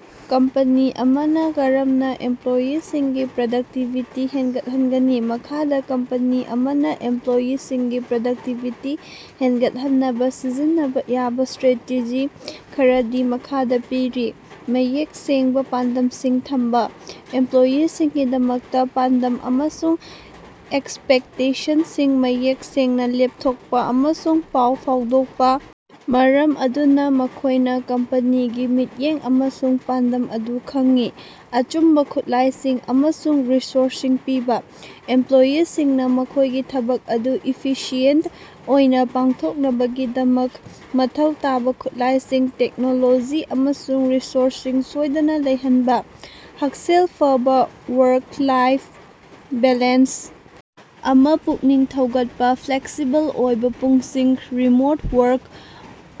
" Company ꯑꯃꯅ ꯀꯔꯝꯅ ꯏꯝꯄ꯭ꯂꯣꯌꯤꯁꯤꯡꯒꯤ ꯄ꯭ꯔꯗꯛꯇꯤꯚꯤꯇꯤ ꯍꯦꯟꯒꯠꯍꯟꯒꯅꯤ? ꯃꯈꯥꯗ ꯀꯝꯄꯅꯤ ꯑꯃꯅ ꯏꯝꯄ꯭ꯂꯣꯌꯤꯁꯤꯡꯒꯤ ꯄ꯭ꯔꯗꯛꯇꯤꯚꯤꯇꯤ ꯍꯦꯟꯒꯠꯍꯟꯅꯕ ꯁꯤꯖꯤꯟꯅꯕ ꯌꯥꯕ ꯁ꯭ꯇꯔꯥꯇꯦꯖꯤ ꯈꯔꯗꯤ ꯃꯈꯥꯗ ꯄꯤꯔꯤ: ꯃꯌꯦꯛ ꯁꯦꯡꯕ ꯄꯥꯟꯗꯝꯁꯤꯡ ꯊꯝꯕ- ꯏꯝꯄ꯭ꯂꯣꯌꯤꯁꯤꯡꯒꯤꯗꯃꯛꯇ ꯄꯥꯟꯗꯝ ꯑꯃꯁꯨꯡ ꯑꯦꯛꯁꯄꯦꯛꯇꯦꯁꯟꯁꯤꯡ ꯃꯌꯦꯛ ꯁꯦꯡꯅ ꯂꯦꯞꯊꯣꯛꯄ ꯑꯃꯁꯨꯡ ꯄꯥꯎ ꯐꯥꯎꯗꯣꯛꯄ ꯃꯔꯝ ꯑꯗꯨꯅ ꯃꯈꯣꯏꯅ ꯀꯝꯄꯅꯤꯒꯤ ꯃꯤꯠꯌꯦꯡ ꯑꯃꯁꯨꯡ ꯄꯥꯟꯗꯝ ꯑꯗꯨ ꯈꯪꯏ꯫ ꯑꯆꯨꯝꯕ ꯈꯨꯠꯂꯥꯏꯁꯤꯡ ꯑꯃꯁꯨꯡ ꯔꯤꯁꯣꯔꯁꯁꯤꯡ ꯄꯤꯕ- ꯏꯝꯄ꯭ꯂꯣꯌꯤꯁꯤꯡꯅ ꯃꯈꯣꯏꯒꯤ ꯊꯕꯛ ꯑꯗꯨ ꯏꯐꯤꯁꯤꯑꯦꯟꯇ ꯑꯣꯏꯅ ꯄꯥꯡꯊꯣꯛꯅꯕꯒꯤꯗꯃꯛ ꯃꯊꯧ ꯇꯥꯕ ꯈꯨꯠꯂꯥꯏꯁꯤꯡ, ꯇꯦꯛꯅꯣꯂꯣꯖꯤ ꯑꯃꯁꯨꯡ ꯔꯤꯁꯣꯔꯁꯁꯤꯡ ꯁꯣꯏꯗꯅ ꯂꯩꯍꯟꯕ꯫ ꯍꯛꯁꯦꯜ ꯐꯕ ꯋꯥꯔꯛ-ꯂꯥꯏꯐ ꯕꯦꯂꯦꯟꯁ ꯑꯃ ꯄꯨꯛꯅꯤꯡ ꯊꯧꯒꯠꯄ- ꯐ꯭ꯂꯦꯛꯁꯤꯕꯜ ꯑꯣꯏꯕ ꯄꯨꯡꯁꯤꯡ, ꯔꯤꯃꯣꯠ ꯋꯥꯔꯛ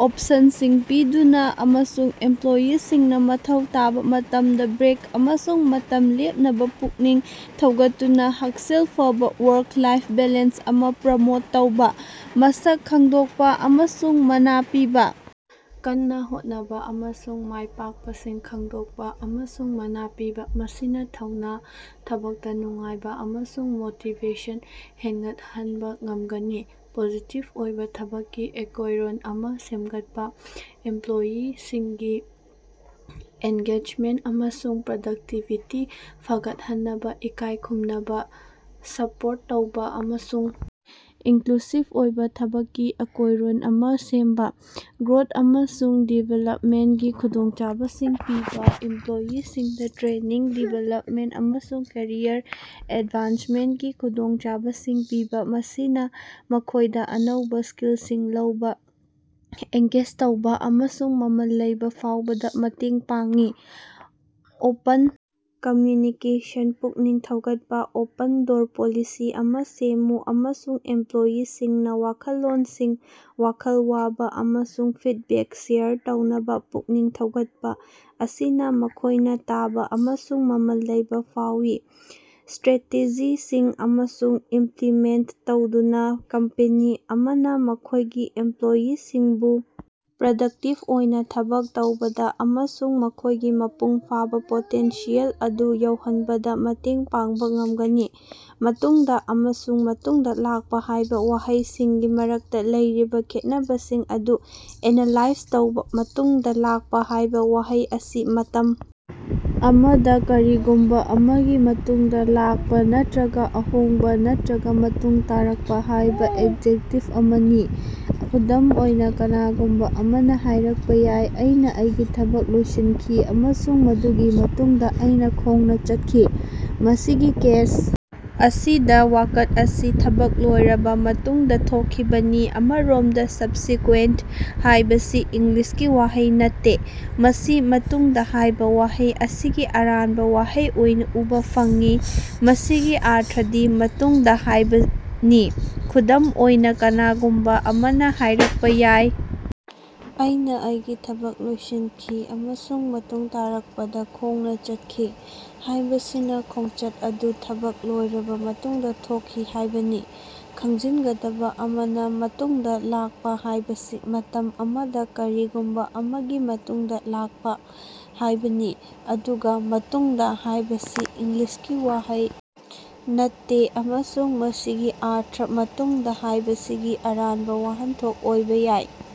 ꯑꯣꯞꯁꯟꯁꯤꯡ ꯄꯤꯗꯨꯅ, ꯑꯃꯁꯨꯡ ꯏꯝꯄ꯭ꯂꯣꯌꯤꯁꯤꯡꯅ ꯃꯊꯧ ꯇꯥꯕ ꯃꯇꯝꯗ ꯕ꯭ꯔꯦꯛ ꯑꯃꯁꯨꯡ ꯃꯇꯝ ꯂꯦꯞꯅꯕ ꯄꯨꯛꯅꯤꯡ ꯊꯧꯒꯠꯇꯨꯅ ꯍꯛꯁꯦꯜ ꯐꯕ ꯋꯥꯔꯛ-ꯂꯥꯏꯐ ꯕꯦꯂꯦꯟꯁ ꯑꯃ ꯄ꯭ꯔꯣꯃꯣꯠ ꯇꯧꯕ꯫ ꯃꯁꯛ ꯈꯪꯗꯣꯛꯄ ꯑꯃꯁꯨꯡ ꯃꯅꯥ ꯄꯤꯕ- ꯀꯟꯅ ꯍꯣꯠꯅꯕ ꯑꯃꯁꯨꯡ ꯃꯥꯏ ꯄꯥꯛꯄꯁꯤꯡ ꯈꯪꯗꯣꯛꯄ ꯑꯃꯁꯨꯡ ꯃꯅꯥ ꯄꯤꯕ ꯃꯁꯤꯅ ꯊꯧꯅ, ꯊꯕꯛꯇ ꯅꯨꯡꯉꯥꯏꯕ ꯑꯃꯁꯨꯡ ꯃꯣꯇꯤꯚꯦꯁꯟ ꯍꯦꯡꯒꯠꯍꯟꯕ ꯉꯝꯒꯅꯤ꯫ ꯄꯣꯖꯤꯇꯤꯚ ꯑꯣꯏꯕ ꯊꯕꯛꯀꯤ ꯑꯀꯣꯌꯔꯣꯟ ꯑꯃꯥ ꯁꯦꯃꯒꯠꯄ- ꯏꯝꯄ꯭ꯂꯣꯌꯤꯁꯤꯡꯒꯤ ꯑꯦꯟꯒꯦꯗꯖꯃꯦꯟꯇ ꯑꯃꯁꯨꯡ ꯄ꯭ꯔꯗꯛꯇꯤꯚꯤꯇꯤ ꯐꯒꯠꯍꯟꯅꯕ ꯏꯀꯥꯏ ꯈꯨꯝꯅꯕ, ꯁꯄꯣꯔꯠ ꯇꯧꯕ ꯑꯃꯁꯨꯡ ꯏꯟꯀ꯭ꯂꯨꯁꯤꯚ ꯑꯣꯏꯕ ꯊꯕꯛꯀꯤ ꯑꯀꯣꯏꯔꯣꯟ ꯑꯃ ꯁꯦꯝꯕ꯫ ꯒ꯭ꯔꯣꯊ ꯑꯃꯁꯨꯡ ꯗꯤꯚꯦꯂꯞꯃꯦꯟꯇꯒꯤ ꯈꯨꯗꯣꯡꯆꯥꯕꯁꯤꯡ ꯄꯤꯕ- ꯏꯝꯄ꯭ꯂꯣꯌꯤꯁꯤꯡꯗ ꯇ꯭ꯔꯦꯅꯤꯡ, ꯗꯤꯚꯦꯂꯞꯃꯦꯟꯇ, ꯑꯃꯁꯨꯡ ꯀꯦꯔꯤꯌꯔ ꯑꯦꯗꯚꯥꯟꯁꯃꯦꯟꯇꯀꯤ ꯈꯨꯗꯣꯡꯆꯥꯕꯁꯤꯡ ꯄꯤꯕ ꯃꯁꯤꯅ ꯃꯈꯣꯏꯗ ꯑꯅꯧꯕ ꯁ꯭ꯀꯤꯜꯁꯤꯡ ꯂꯧꯕ, ꯑꯦꯟꯒꯦꯖ ꯇꯧꯕ ꯑꯃꯁꯨꯡ ꯃꯃꯜ ꯂꯩꯕ ꯐꯥꯎꯕꯗ ꯃꯇꯦꯡ ꯄꯥꯡꯉꯤ꯫ ꯑꯣꯄꯟ ꯀꯝꯃ꯭ꯌꯨꯅꯤꯀꯦꯁꯟ ꯄꯨꯛꯅꯤꯡ ꯊꯧꯒꯠꯄ- ꯑꯣꯄꯟ-ꯗꯣꯔ ꯄꯣꯂꯤꯁꯤ ꯑꯃ ꯁꯦꯝꯃꯨ ꯑꯃꯁꯨꯡ ꯏꯝꯄ꯭ꯂꯣꯌꯤꯁꯤꯡꯅ ꯋꯥꯈꯜꯂꯣꯟꯁꯤꯡ, ꯋꯥꯈꯜ ꯋꯥꯕ ꯑꯃꯁꯨꯡ ꯐꯤꯗꯕꯦꯛ ꯁꯦꯌꯔ ꯇꯧꯅꯕ ꯄꯨꯛꯅꯤꯡ ꯊꯧꯒꯠꯄ ꯑꯁꯤꯅ ꯃꯈꯣꯏꯅ ꯇꯥꯕ ꯑꯃꯁꯨꯡ ꯃꯃꯜ ꯂꯩꯕ ꯐꯥꯎꯋꯤ꯫ ꯁ꯭ꯇꯔꯥꯇꯦꯖꯤꯁꯤꯡ ꯑꯁꯤ ꯏꯝꯄ꯭ꯂꯤꯃꯦꯟꯇ ꯇꯧꯗꯨꯅ ꯀꯝꯄꯦꯅꯤ ꯑꯃꯅ ꯃꯈꯣꯏꯒꯤ ꯏꯝꯄ꯭ꯂꯣꯌꯤꯁꯤꯡꯕꯨ ꯄ꯭ꯔꯗꯛꯇꯤꯚ ꯑꯣꯏꯅ ꯊꯕꯛ ꯇꯧꯕꯗ ꯑꯃꯁꯨꯡ ꯃꯈꯣꯏꯒꯤ ꯃꯄꯨꯡ ꯐꯥꯕ ꯄꯣꯇꯦꯟꯁꯤꯌꯦꯜ ꯑꯗꯨ ꯌꯧꯍꯟꯕꯗ ꯃꯇꯦꯡ ꯄꯥꯡꯕ ꯉꯝꯒꯅꯤ꯫ 'ꯃꯇꯨꯡꯗ' ꯑꯃꯁꯨꯡ 'ꯃꯇꯨꯡꯗ ꯂꯥꯛꯄ ꯍꯥꯏꯕ ꯋꯥꯍꯩꯁꯤꯡꯒꯤ ꯃꯔꯛꯇ ꯂꯩꯔꯤꯕ ꯈꯦꯠꯅꯕꯁꯤꯡ ꯑꯗꯨ ꯑꯦꯅꯂꯥꯏꯖ ꯇꯧꯕ- "ꯃꯇꯨꯡꯗ ꯂꯥꯛꯄ "" ꯍꯥꯏꯕ ꯋꯥꯍꯩ ꯑꯁꯤ ""ꯃꯇꯝ ꯑꯃꯗ ꯀꯔꯤꯒꯨꯝꯕ ꯑꯃꯒꯤ ꯃꯇꯨꯡꯗ ꯂꯥꯛꯄ " ꯅꯠꯇ꯭ꯔꯒ ""ꯑꯍꯣꯡꯕ ꯅꯠꯇ꯭ꯔꯒ ꯃꯇꯨꯡ ꯇꯥꯔꯛꯄ "" ꯍꯥꯏꯕ ꯑꯦꯗꯖꯦꯛꯇꯤꯚ ꯑꯃꯅꯤ꯫ ꯈꯨꯗꯝ ꯑꯣꯏꯅ, ꯀꯅꯥꯒꯨꯝꯕ ꯑꯃꯅ ꯍꯥꯏꯔꯛꯄ ꯌꯥꯏ, ""ꯑꯩꯅ ꯑꯩꯒꯤ ꯊꯕꯛ ꯂꯣꯏꯁꯤꯟꯈꯤ ꯑꯃꯁꯨꯡ ꯃꯗꯨꯒꯤ ꯃꯇꯨꯡꯗ ꯑꯩꯅ ꯈꯣꯡꯅ ꯆꯠꯈꯤ"" ꯃꯁꯤꯒꯤ ꯀꯦꯁ ꯑꯁꯤꯗ ꯋꯥꯀꯠ ꯑꯁꯤ ꯊꯕꯛ ꯂꯣꯏꯔꯕ ꯃꯇꯨꯡꯗ ꯊꯣꯛꯈꯤꯕꯅꯤ꯫ ꯑꯃꯔꯣꯝꯗ "ꯁꯕꯁꯤꯀꯨꯋꯦꯟꯇ"" ꯍꯥꯏꯕꯁꯤ ꯏꯪꯂꯤꯁꯀꯤ ꯋꯥꯍꯩ ꯅꯠꯇꯦ꯫ ꯃꯁꯤ "ꯃꯇꯨꯡꯗ" ꯍꯥꯏꯕ ꯋꯥꯍꯩ ꯑꯁꯤꯒꯤ ꯑꯔꯥꯟꯕ ꯋꯥꯍꯩ ꯑꯣꯏꯅ ꯎꯕ ꯐꯪꯉꯤ꯫ ꯃꯁꯤꯒꯤ ꯑꯔꯊꯗꯤ "ꯃꯇꯨꯡꯗ" ꯍꯥꯏꯕꯅꯤ꯫ ꯈꯨꯗꯝ ꯑꯣꯏꯅ, ꯀꯅꯥꯒꯨꯝꯕ ꯑꯃꯅ ꯍꯥꯏꯔꯛꯄ ꯌꯥꯏ, "ꯑꯩꯅ ꯑꯩꯒꯤ ꯊꯕꯛ ꯂꯣꯏꯁꯤꯟꯈꯤ ꯑꯃꯁꯨꯡ ꯃꯇꯨꯡ ꯇꯥꯔꯛꯄꯗ ꯈꯣꯡꯅ ꯆꯠꯈꯤ"ꯍꯥꯏꯕꯁꯤꯅ ꯈꯣꯡꯆꯠ ꯑꯗꯨ ꯊꯕꯛ ꯂꯣꯏꯔꯕ ꯃꯇꯨꯡꯗ ꯊꯣꯛꯈꯤ ꯍꯥꯏꯕꯅꯤ꯫ ꯈꯪꯖꯤꯟꯒꯗꯕ ꯑꯃꯅ, "ꯃꯇꯨꯡꯗ ꯂꯥꯛꯄ"" ꯍꯥꯏꯕꯁꯤ ""ꯃꯇꯝ ꯑꯃꯗ ꯀꯔꯤꯒꯨꯝꯕ ꯑꯃꯒꯤ ꯃꯇꯨꯡꯗ ꯂꯥꯛꯄ"" ꯍꯥꯏꯕꯅꯤ, ꯑꯗꯨꯒ "ꯃꯇꯨꯡꯗ" ꯍꯥꯏꯕꯁꯤ ꯏꯪꯂꯤꯁꯀꯤ ꯋꯥꯍꯩ ꯅꯠꯇꯦ ꯑꯃꯁꯨꯡ ꯃꯁꯤꯒꯤ ꯑꯔꯊ ""ꯃꯇꯨꯡꯗ"" ꯍꯥꯏꯕꯁꯤꯒꯤ ꯑꯔꯥꯟꯕ ꯋꯥꯍꯟꯊꯣꯛ ꯑꯣꯏꯕ ꯌꯥꯏ꯫"